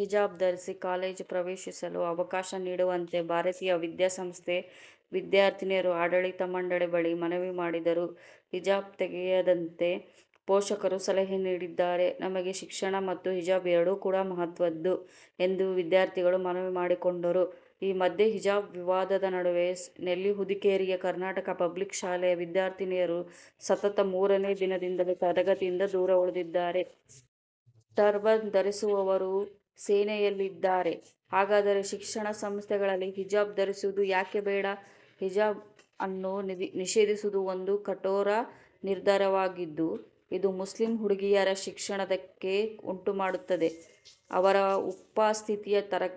ಹಿಜಾಬ್ ಧರಿಸಿ ಕಾಲೇಜ್ ಪ್ರವೇಶಿಸಲು ಅವಕಾಶ ನೀಡುವಂತೆ ಭಾರತೀಯ ವಿದ್ಯಾಸಂಸ್ಥೆ ವಿದ್ಯಾರ್ಥಿನಿಯರು ಆಡಳಿತ ಮಂಡಳಿ ಬಳಿ ಮನವಿ ಮಾಡಿದರು. ಹಿಜಾಬ್ ತೆಗೆಯದಂತೆ ಪೋಷಕರು ಸಲಹೆ ನೀಡಿದ್ದಾರೆ. ನಮಗೆ ಶಿಕ್ಷಣ ಮತ್ತು ಹಿಜಾಬ್ ಎರಡು ಕೂಡಾ ಮಹತ್ವದ್ದು ಎಂದು ವಿದ್ಯಾರ್ಥಿಗಳು ಮನವಿ ಮಾಡಿಕೊಂಡರು. ಈ ಮಧ್ಯೆ ಹಿಜಾಬ್ ವಿವಾದದ ನಡುವೆ ನೆಲ್ಲಿಹುದಿಕೇರಿಯ ಕರ್ನಾಟಕ ಪಬ್ಲಿಕ್ ಶಾಲೆಯ ವಿದ್ಯಾರ್ಥಿನಿಯರು ಸತತ ಮೂರನೇ ದಿನದಿಂದಲೂ ತರಗತಿಯಿಂದ ದೂರ ಉಳಿದಿದ್ದಾರೆ. ಟರ್ಬನ್ ಧರಿಸುವವರು ಸೇನೆಯಲ್ಲಿದ್ದಾರೆ, ಹಾಗಾದರೆ ಶಿಕ್ಷಣ ಸಂಸ್ಥೆಗಳಲ್ಲಿ ಹಿಜಾಬ್ ಧರಿಸುವುದು ಯಾಕೆ ಬೇಡ? ಹಿಜಾಬ್ ಅನ್ನು ನಿಷೇಧಿಸುವುದು ಒಂದು ಕಠೋರ ನಿರ್ಧಾರವಾಗಿದ್ದು, ಇದು ಮುಸ್ಲಿಂ ಹುಡುಗಿಯರ ಶಿಕ್ಷಣಕ್ಕೆ ಧಕ್ಕೆ ಉಂಟು ಮಾಡುತ್ತದೆ. ಅವರ ಉಪಸ್ಥಿತಿಯು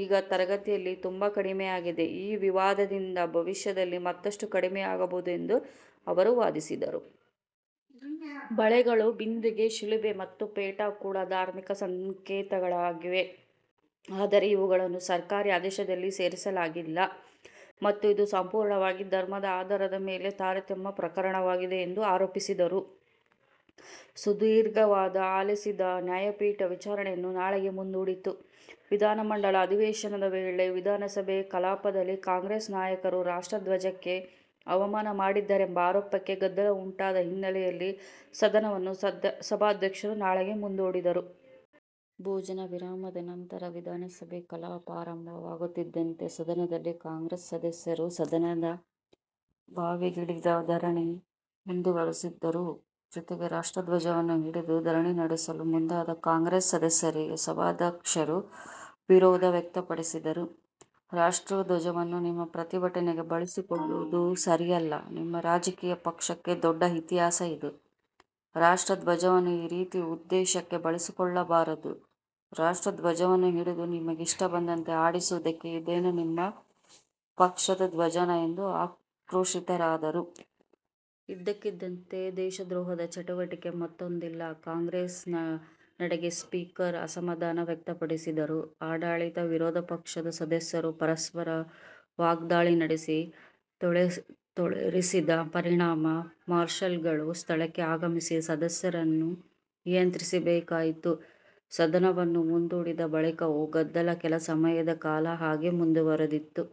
ಈಗ ತರಗತಿಗಳಲ್ಲಿ ತುಂಬಾ ಕಡಿಮೆಯಾಗಿದೆ. ಈ ವಿವಾದದಿಂದಾಗಿ ಭವಿಷ್ಯದಲ್ಲಿ ಮತ್ತಷ್ಟು ಕಡಿಮೆಯಾಗಬಹುದು ಎಂದು ಅವರು ವಾದಿಸಿದರು. ಬಳೆಗಳು, ಬಿಂದಿಗೆ, ಶಿಲುಬೆ ಮತ್ತು ಪೇಟ ಕೂಡ ಧಾರ್ಮಿಕ ಸಂಕೇತಗಳಾಗಿವೆ. ಆದರೆ ಇವುಗಳನ್ನು ಸರ್ಕಾರಿ ಆದೇಶದಲ್ಲಿ ಸೇರಿಸಲಾಗಿಲ್ಲ ಮತ್ತು ಇದು ಸಂಪೂರ್ಣವಾಗಿ ಧರ್ಮದ ಆಧಾರದ ಮೇಲೆ ತಾರತಮ್ಯ ಪ್ರಕರಣವಾಗಿದೆ ಎಂದು ಆರೋಪಿಸಿದರು. ಸುದೀರ್ಘ ವಾದ ಆಲಿಸಿದ ನ್ಯಾಯಪೀಠ ವಿಚಾರಣೆಯನ್ನು ನಾಳೆಗೆ ಮುಂದೂಡಿತು. ವಿಧಾನಮಂಡಲ ಅಧಿವೇಶನದ ವೇಳೆ ವಿಧಾನಸಭೆ ಕಲಾಪದಲ್ಲಿ ಕಾಂಗ್ರೆಸ್ ನಾಯಕರು ರಾಷ್ಟ್ರ ಧ್ವಜಕ್ಕೆ ಅವಮಾನ ಮಾಡಿದ್ದಾರೆಂಬ ಆರೋಪಕ್ಕೆ ಗದ್ದಲ ಉಂಟಾದ ಹಿನ್ನೆಲೆಯಲ್ಲಿ ಸದನವನ್ನು ಸಭಾಧ್ಯಕ್ಷರು ನಾಳೆಗೆ ಮುಂದೂಡಿದರು. ಭೋಜನ ವಿರಾಮದ ನಂತರ ವಿಧಾನಸಭೆ ಕಲಾಪ ಆರಂಭವಾಗುತ್ತಿದ್ದಂತೆ ಸದನದಲ್ಲಿ ಕಾಂಗ್ರೆಸ್ ಸದಸ್ಯರು ಸದನದ ಬಾವಿಗಿಳಿದಿ ಧರಣಿ ಮುಂದುವರೆಸಿದರು. ಜೊತೆಗೆ ರಾಷ್ಟ್ರಧ್ವಜವನ್ನ ಹಿಡಿದು ಧರಣಿನಡೆಸಲು ಮುಂದಾದ ಕಾಂಗ್ರೆಸ್ ಸದಸ್ಯರಿಗೆ ಸಭಾಧ್ಯಕ್ಷರು ವಿರೋಧ ವ್ಯಕ್ತಪಡಿಸಿದರು, ರಾಷ್ಟ್ರ ಧ್ವಜವನ್ನ ನಿಮ್ಮ ಪ್ರತಿಭಟನೆಗೆ ಬಳಸಿಕೊಳ್ಳುವುದು ಸರಿಯಲ್ಲ, ನಿಮ್ಮರಾಜಕೀಯ ಪಕ್ಷಕ್ಕೆ ದೊಡ್ಡ ಇತಿಹಾಸ ಇದೆ, ರಾಷ್ಟ್ರ ಧ್ವಜವನ್ನ ಈ ರೀತಿಯ ಉದ್ದೇಶಕ್ಕೆ ಬಳಸಿಕೊಳ್ಳಬಾರದು, ರಾಷ್ರ್ಟಧ್ವಜವನ್ನ ಹಿಡಿದು ನಿಮಗಿಷ್ಟಬಂದಂತೆ ಆಡಿಸುವುದಕ್ಕೆ ಇದೇನು ನಿಮ್ಮ ಪಕ್ಷದ ಧ್ವಜವಾ ಎಂದು ಆಕ್ರೋಶಿತರಾದರು. ಇದಕ್ಕಿಂತ ದೇಶದ್ರೋಹದ ಚಟುವಟಿಕೆ ಮತ್ತೊಂದಿಲ್ಲ ಕಾಂಗ್ರೆಸ್ ನಡೆಗೆ ಸ್ಪೀಕರ್ ಅಸಮಾಧಾನ ವ್ಯಕ್ತಪಡಿಸಿದರು. ಆಡಳಿತ-ವಿರೋಧ ಪಕ್ಷದ ಸದಸ್ಯರು ಪರಸ್ಪರ ವಾಗ್ದಾಳಿ ನಡೆಸಿ, ತೋಳೇರಿಸಿದ ಪರಿಣಾಮ ಮಾರ್ಷಲ್ ಗಳು ಸ್ಥಳಕ್ಕೆ ಆಗಮಿಸಿ ಸದಸ್ಯರನ್ನು ನಿಯಂತ್ರಿಸಬೇಕಾಯಿತು. ಸದನವನ್ನು ಮುಂದೂಡಿದ ಬಳಿಕವೂ ಗದ್ದಲ ಕೆಲ ಸಮಯದ ಕಾಲ ಹಾಗೆಯೇ ಮುಂದುವರೆದಿತ್ತು.